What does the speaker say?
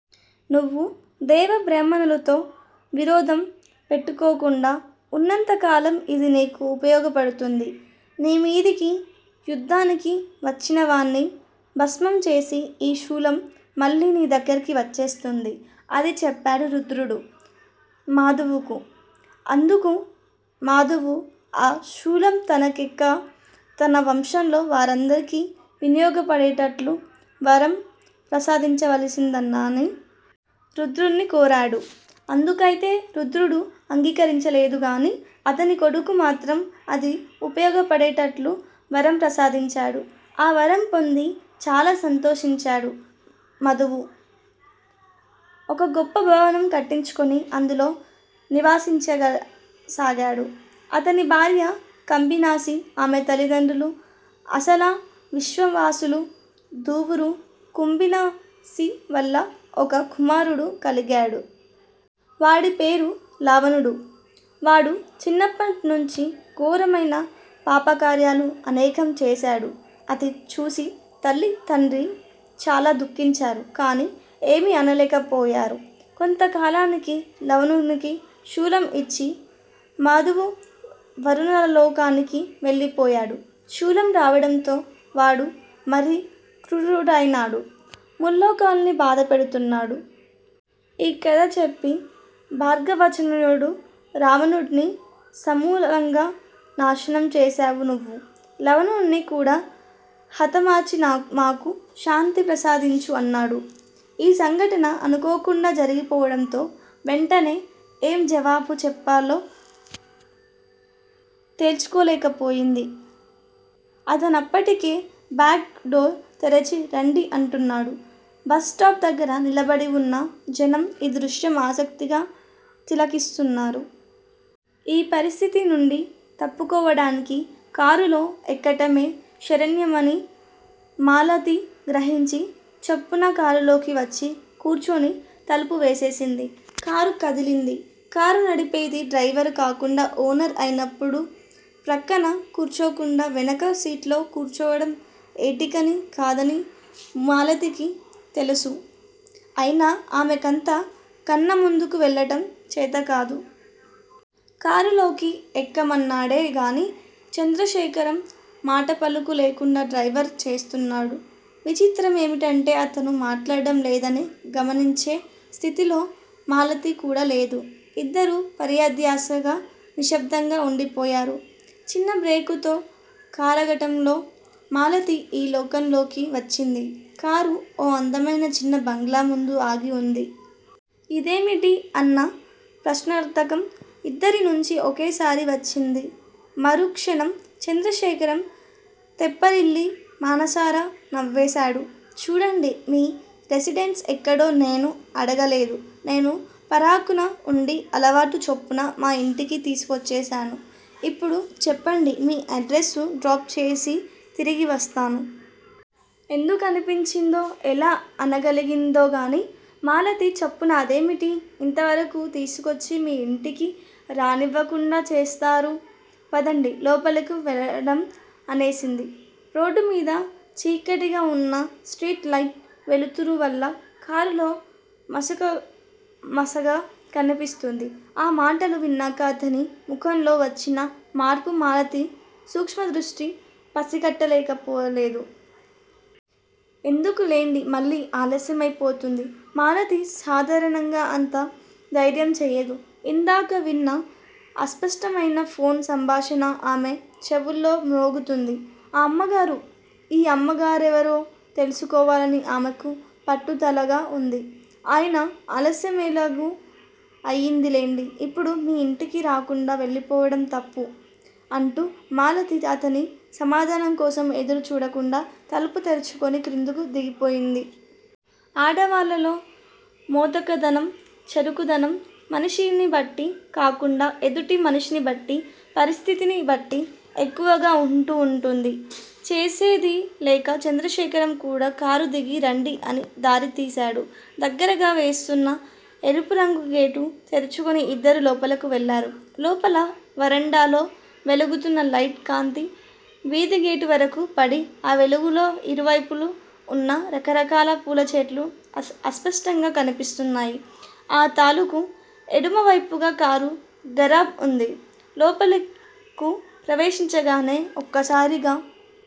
నువ్వు దేవబ్రాహ్మణుల్తో విరోధం పెట్టుకోకుండా వున్నంత కాలం ఇది నీకు ఉపయోగపడుతుంది. నీమీదికి యుద్దానికి వచ్చినవాణ్ని భస్మం చేసి ఈ శూలం మళ్ళీ నీదగ్గరికి వచ్చేస్తుంది. అని చెప్పాడు రుద్రుడు మధువుకు. అందుకు మధువు ఆ శూలం తనకేకాక తన వంశంలో వారందరికీ వినియోగపడేట్లు వరం ప్రసాధించవలసిందని. రుద్రుణ్ని కోరాడు. అందుకైతే రుద్రుడు అంగీకరించలేదుగాని అతని కొడుక్కు మాత్రం అది ఉపయోగపడేట్లు వరం ప్రసాదించాడు. ఆ వరం పొంది చాలా సంతోషించాడు మధువు. ఒక గొప్ప భవనం కట్టించుకొని అందులో నివసించసాగాడు. అతని భార్య కoభీనసి. ఆమె తల్లిదండ్రులు అసలా, విశ్వావసులు. దువురు కుంభీనసివల్ల ఒక కుమారుడు కలిగాడు. వాడి పేరు లవణుడు. వాడు చిన్నప్పణ్ణుంచీ ఘోరమైన పాపకార్యాలు అనేకం చేశాడు. అది చూసి తల్లీ, తండ్రీ చాల దుఃఖించారు. కాని ఏమీ అనలేక పోయారు. కొంతకాలానికి లవణునికి శూలం ఇచ్చి మధువు వరుణలోకానికి వెళ్ళిపోయాడు. శూలం రావడంతో వాడు మరీ కృరూడైనాడు. ముల్లోకాల్నూ బాధ పెడుతున్నాడు. ఈ కథ చెప్పి భార్గవచ్యనుడు రావణుడ్ని సమూలంగా నాశనం చేశావు నువ్వు. లవణుణ్ని కూడా హతమార్చి మాకు శాంతి ప్రసాదించు అన్నాడు. ఈ సంఘటన అనుకోకుండా జరిగిపోవడంతో వెంటనే ఏం జవాబు చెప్పాలో తేల్చుకోలేకపోయింది. అతనప్పటికే బ్యాక్ డోర్ తెరచి రండి అంటున్నాడు. బస్ స్టాప్ దగ్గర నిలబడివున్న జనం ఈ దృశ్యం ఆసక్తిగా తిలకిస్తున్నారు. ఈ పరిస్థితినుండి తప్పుకోవడానికి కారులో ఎక్కటమే శరణ్యమని మాలతి గ్రహించి చప్పున కారులోకి వచ్చి కూర్చుని తలుపు వేసేసింది. కారు కదిలింది. కారు నడిపేది డ్రైవరు కాకుండా ఓనరే అయినప్పుడు ప్రక్కన కూర్చోకుండా వెనక సీట్లో కూర్చోవటం ఎటికనీ కాదని మాలతికి తెలుసు. అయినా ఆమెకంత కన్నా ముందుకు వెళ్ళటం చేతకాదు. కారులోకి ఎక్కమన్నాడే గానీ చంద్రశేఖరం మాటాపలుకు లేకుండా డ్రైవ్ చేస్తున్నాడు. విచిత్రమేమిటంటే అతను మాట్లాడటం లేదని గమనించే స్థితిలో మాలతికూడా లేదు. ఇద్దరూ పరధ్యాసగా నిశ్శబ్దంగా వుండిపోయారు. చిన్న బ్రేకుతో కారాగటంతో మాలతి ఈ లోకంలోకి వచ్చింది. కారు ఓ అందమైన చిన్న బంగళాముందు ఆగి వుంది. ఇదేమిటి? అన్న ప్రశ్నార్ధకం ఇద్దరినుంచి ఒకేసారి వచ్చింది. మరుక్షణం చంద్రశేఖరం తెప్పరిల్లి మనసారా నవ్వేశాడు. చూడండి, మీ రెసిడెన్స్ ఎక్కడో నేనూ అడగలేదు. నేను పరాకున వుండి అలవాటు చొప్పున మా ఇంటికి తీసుకువచ్చేశాను. ఇప్పుడు చెప్పండి మీ అడ్రసు, డ్రాప్ చేసి తిరిగి వస్తాను. ఎందుకనిపించిందో, ఎలా అనగలిగిందోగానీ మాలతి చప్పున అదేమిటి? ఇంతవరకూ తీసుకొచ్చి మీ ఇంటి కి రానివ్వకుండా చేస్తారా? పదండి లోపలకు వెడదాం అనేసింది. రోడ్డుమీద చీకటిగావున్నా స్ట్రీట్ లైట్ వెలుతురువల్ల కారులో మసకమసగ్గా కనిపిస్తుంది. ఆ మాటలు విన్నాక అతని ముఖంలో వచ్చిన మార్పు మాలతి సూక్ష్మదృష్టి పసికట్టకపోలేదు. ఎందుకులెండి మళ్ళీ ఆలస్యమైపోతుంది మాలతి సాధారణంగా అంత ధైర్యంచేయదు. ఇందాక విన్న అస్పష్టమైన ఫోన్ సంభాషణ ఆమె చెవుల్లో మ్రోగుతుంది. అమ్మగారు! ఈ అమ్మగారెవరో తెలుసుకోవాలని ఆమెకు పట్టుదలగా వుంది. అయిన ఆలస్యమెలాగూ అయిందిలెండి, ఇప్పుడు మీ ఇంట్లోకి రాకుండా వెళ్ళిపోవడం తప్పు అంటూ మాలతి అతని సమాధానంకోసం ఎదురు చూడకుండా తలుపు తెరుచుకుని క్రిందకు దిగిపోయింది. ఆడవాళ్ళలో మెతకదనం, చురుకుదనం మనిషినిబట్టి కాకుండా ఎదుటి మనిషినిబట్టి, పరిస్థితిని బట్టి ఎక్కువగా వుంటూ వుంటుంది. చేసేదిలేక చంద్రశేఖరం కూడా కారుదిగి రండి అని దారి తీశాడు. దగ్గరగా వేసున్న ఎరుపురంగు గేటు తెరుచుకుని ఇద్దరూ లోపలకు వెళ్ళారు. లోపల వరండాలో వెలుగుతున్న లైటు కాంతి వీధిగేటువరకూ పడి, ఆ వెలుగులో ఇరువైపులా వున్న రకరకాల పూలచెట్లు అస్పష్టంగా కనిపిస్తున్నాయి. ఆ తాలుకు ఎడమవైపుగా కారు గరాజ్ వుంది. లోపలకు ప్రవేశించగానే ఒక్కసారిగా